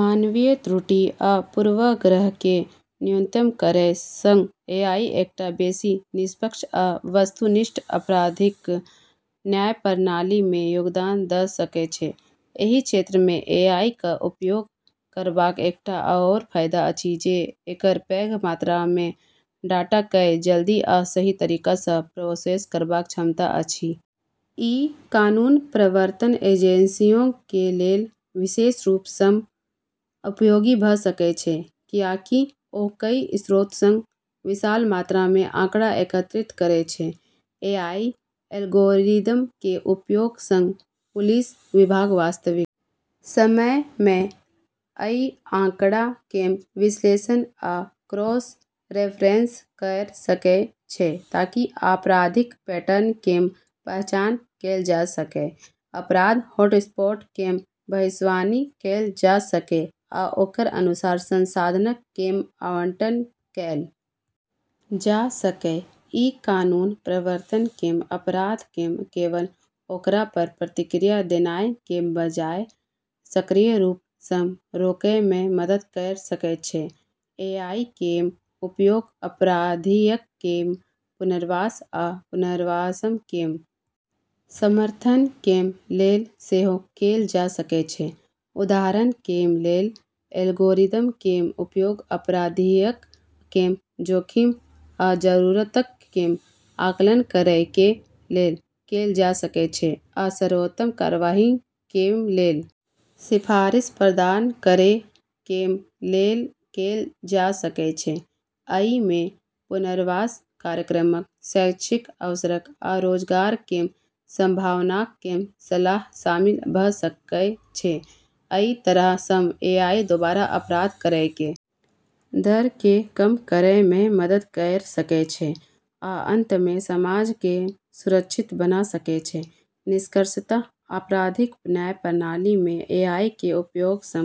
मानवीय त्रुटि आ पूर्वाग्रह कें न्यूनतम करय सं एआई एकटा बेसि निष्पक्ष आ वस्तुनिष्ठ आपराधिक न्याय प्रणाली मे योगदान द सकय छै, एहि क्षेत्र मे एआई क उपयोग करबाक एकटा आओर फायदा अछि जे एकर पैघ मात्रा मे डाटा कए जल्दी आ सही तरीका स प्रोसेस करबाक क्षमता अछि। इ कानून प्रवर्तन एजेंसियॉ कें लेल विशेष रूप सं उपयोगी भ सकय छै, कियाकि ओ कई स्रोत सं विशाल मात्रा मे आंकड़ा एकत्रित करय छै. एआई एल्गोरिदम कें उपयोग सं पुलिस विभाग वास्तविक समय मे अइ आंकड़ा कें विश्लेषण आ क्रॉस-रेफरेंस कयर सकय छै ताकि आपराधिक पैटर्न कें पहचान कैल जा सकय, अपराध हॉटस्पॉट कें भविष्यवाणी कैल जा सकय आ ओकर अनुसार संसाधनक कें आवंटन कैल जा सकय, इ कानून प्रवर्तन कें अपराध कें केवल ओकरा पर प्रतिक्रिया देनाय कें बजाय सक्रिय रूप सं रोकय मे मदद कयर सकय छै, एआई कें उपयोग अपराधियक कें पुनर्वास आ पुनर्वास कें समर्थन कें लेल सेहो कैल जा सकय छै, उदाहरण कें लेल, एल्गोरिदम कें उपयोग अपराधियक कें जोखिम आ जरूरतक कें आकलन करय कें लेल कैल जा सकय छै आ सर्वोत्तम कार्यवाही कें लेल सिफारिश प्रदान करय कें लेल कैल जा सकय छै, अइ मे पुनर्वास कार्यक्रमक, शैक्षिक अवसरक आ रोजगार कें संभावनाक कें सलाह शामिल भ सकएय छै, अइ तरह सं एआई दोबारा अपराध करय कें दर कें कम करय मे मदद कयर सकय छै, आ अंत मे समाज कें सुरक्षित बना सकय छै, निष्कर्षतः आपराधिक न्याय प्रणाली मे एआई के उपयोग स॑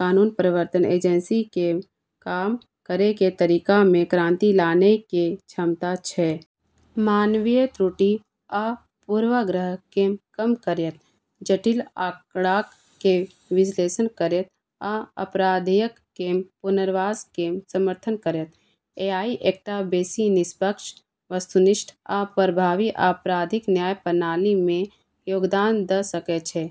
कानून प्रवर्तन एजेंसी केरऽ काम करै के तरीका मे क्रांति लानै के क्षमता छै। मानवीय त्रुटि आ पूर्वाग्रह कें कम करयत, जटिल आंकड़ाक कें विश्लेषण करयत आ अपराधियक कें पुनर्वास कें समर्थन करयत, एआई एकटा बेसि निष्पक्ष, वस्तुनिष्ठ आ प्रभावी आपराधिक न्याय प्रणाली मे योगदान द सकय छै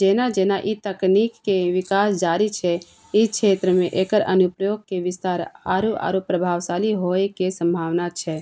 जेना-जेना ई तकनीकऽ के विकास जारी छै, ई क्षेत्र मे एकरऽ अनुप्रयोग के विस्तार आरू आरू प्रभावशाली होय के संभावना छै।